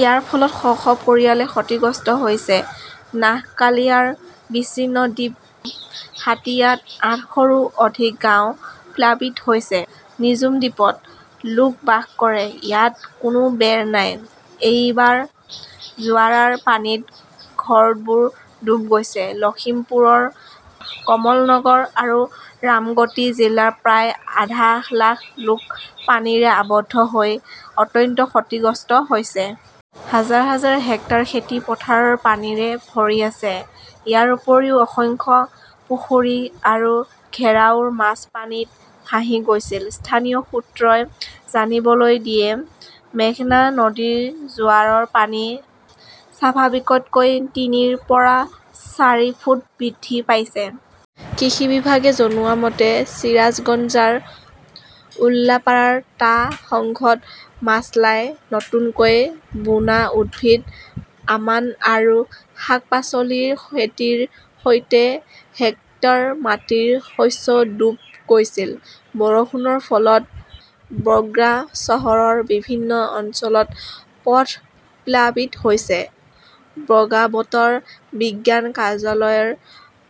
ইয়াৰ ফলত শ শ পৰিয়ালে ক্ষতিগ্ৰস্ত হৈছে। নাহকালীৰ বিচ্ছিন্ন দ্বীপ হাতিয়াত আধশৰো অধিক গাঁও প্লাবিত হৈছে। নিঝুমদ্বীপত, লোক বাস কৰে। ইয়াত কোনো বেৰ নাই। এইবাৰ জোৱাৰৰ পানীত ঘৰবোৰ ডুব গৈছিল। লক্ষ্মীপুৰৰ কমলনগৰ আৰু ৰামগতি জিলাৰ প্ৰায় আধা লাখ লোক পানীৰে আবদ্ধ হৈ অত্যন্ত ক্ষতিগ্ৰস্ত হৈছে। হাজাৰ হাজাৰ হেক্টৰ খেতি পথাৰ পানীৰে ভৰি আছে। ইয়াৰ উপৰিও অসংখ্য পুখুৰী আৰু ঘেৰাওৰ মাছ পানীত ভাহি গৈছিল, স্থানীয় সূত্ৰই জানিবলৈ দিয়ে। মেঘনা নদীৰ জোৱাৰৰ পানী স্বাভাৱিকতকৈ তিনিৰ পৰা চাৰি ফুট বৃদ্ধি পাইছে। কৃষি বিভাগে জনোৱা মতে, চিৰাজগঞ্জৰ উল্লাপাৰাৰ টা সংঘত মাছলাই, নতুনকৈ বোনা উদ্ভিদ আমন আৰু শাক-পাচলিৰ খেতিৰ সৈতে হেক্টৰ মাটিৰ শস্য ডুব গৈছিল। বৰষুণৰ ফলত বগ্ৰা চহৰৰ বিভিন্ন অঞ্চলত পথ প্লাবিত হৈছে। বগ্ৰা বতৰ বিজ্ঞান কাৰ্যালয়ৰ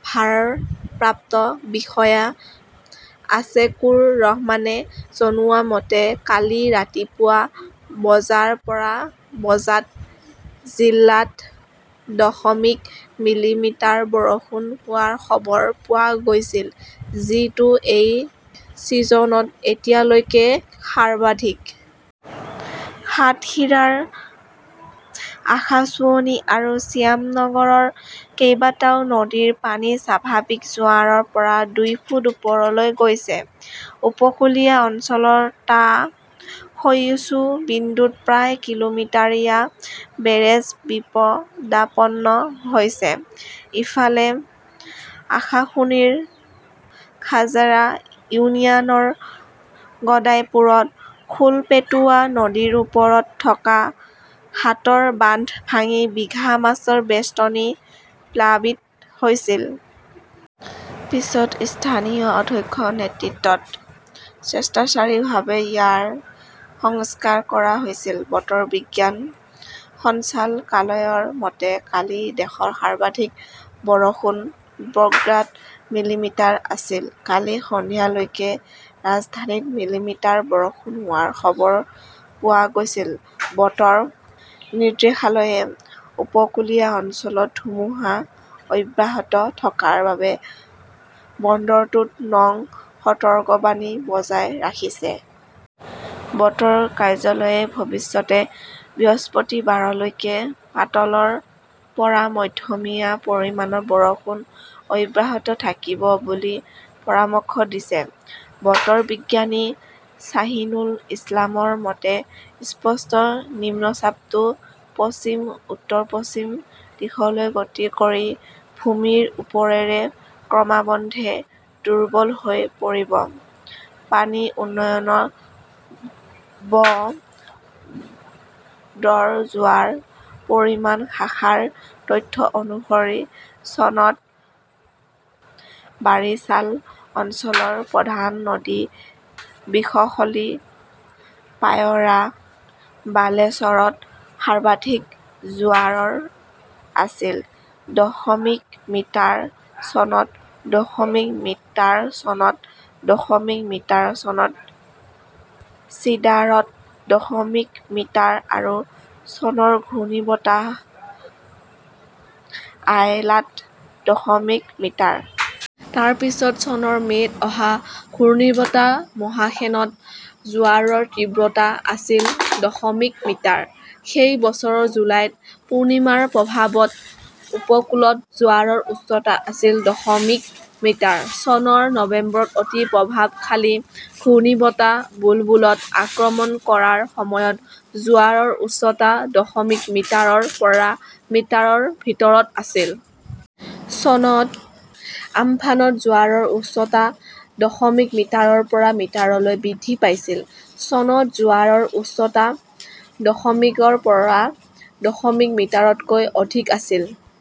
ভাৰপ্ৰাপ্ত বিষয়া আচেকুৰ ৰহমানে জনোৱা মতে, কালি ৰাতিপুৱা বজাৰ পৰা বজাত জিলাত দশমিক মিলিমিটাৰ বৰষুণ হোৱাৰ খবৰ পোৱা গৈছিল, যিটো এই ছিজনত এতিয়ালৈকে সৰ্বাধিক। সাতখিৰাৰ আশাশ্বুনী আৰু শ্যামনগৰৰ কেইবাটাও নদীৰ পানী স্বাভাৱিক জোৱাৰৰ পৰা দুই ফুট ওপৰলৈ গৈছে। উপকূলীয় অঞ্চলৰ টা ক্ষয়িষ্ণু বিন্দুত প্ৰায় কিলোমিটাৰীয়া বেৰেজ বিপদাপন্ন হৈছে। ইফালে, আশাসুনীৰ খাঝাৰা ইউনিয়নৰ গড়াইপুৰত খোলপেটুৱা নদীৰ ওপৰত থকা হাতৰ বান্ধ ভাঙি বিঘা মাছৰ বেষ্টনী প্লাবিত হৈছিল। পিছত স্থানীয় অধ্যক্ষৰ নেতৃত্বত স্বেচ্ছাচাৰীভাৱে ইয়াৰ সংস্কাৰ কৰা হৈছিল। বতৰ বিজ্ঞান সঞ্চালকালয়ৰ মতে, কালি দেশত সৰ্বাধিক বৰষুণ বগ্ৰাত মিলিমিটাৰ আছিল। কালি সন্ধিয়া লৈকে ৰাজধানীত মিলিমিটাৰ বৰষুণ হোৱাৰ খবৰ পোৱা গৈছে। বতৰ নিৰ্দেশালয়ে উপকূলীয় অঞ্চলত ধুমুহা অব্যাহত থকাৰ বাবে বন্দৰটোত নং সতৰ্কবাণী বজাই ৰাখিছে। বতৰ কাৰ্যালয়ে ভৱিষ্যতে বৃহস্পতিবাৰলৈকে পাতলৰ পৰা মধ্যমীয়া পৰিমাণৰ বৰষুণ অব্যাহত থাকিব বুলি পৰামৰ্শ দিছে। বতৰ বিজ্ঞানী শ্বাহিনুল ইছলামৰ মতে, স্পষ্ট নিম্নচাপটো পশ্চিম, উত্তৰ-পশ্চিম দিশলৈ গতি কৰি ভূমিৰ ওপৰেৰে ক্ৰমান্বয়ে দুৰ্বল হৈ পৰিব। পানী উন্নয়ন ব "ৰ্ডৰ জোৱাৰ পৰিমাপ শাখাৰ তথ্য অনুসৰি, চনত বাৰিছাল অঞ্চলৰ প্ৰধান নদী বিশখলী-পায়ৰা-বালেশ্বৰত সৰ্বাধিক জোৱাৰ আছিল দশমিক মিটাৰ, চনত দশমিক মিটাৰ, চনত দশমিক মিটাৰ, চনত চিডাৰত দশমিক মিটাৰ আৰু চনৰ ঘূৰ্ণীবতাহ আইলাত দশমিক মিটাৰ। তাৰ পিছত চনৰ মে "ত অহা ঘূৰ্ণীবতাহ মহাসেনত জোৱাৰৰ তীব্ৰতা আছিল দশমিক মিটাৰ। সেই বছৰৰ জুলাইত পূৰ্ণিমাৰ প্ৰভাৱত উপকূলত জোৱাৰৰ উচ্চতা আছিল দশমিক মিটাৰ। চনৰ নৱেম্বৰত অতি প্ৰভাৱশালী ঘূৰ্ণীবতাহ বুলবুলত আক্ৰমণ কৰাৰ সময়ত জোৱাৰৰ উচ্চতা দশমিক মিটাৰৰ পৰা মিটাৰৰ ভিতৰত আছিল। চনত আম্ফানত জোৱাৰৰ উচ্চতা দশমিক মিটাৰৰ পৰা মিটাৰলৈ বৃদ্ধি পাইছিল। চনত জোৱাৰৰ উচ্চতা দশমিক ৰ পৰা দশমিক মিটাৰতকৈ অধিক আছিল।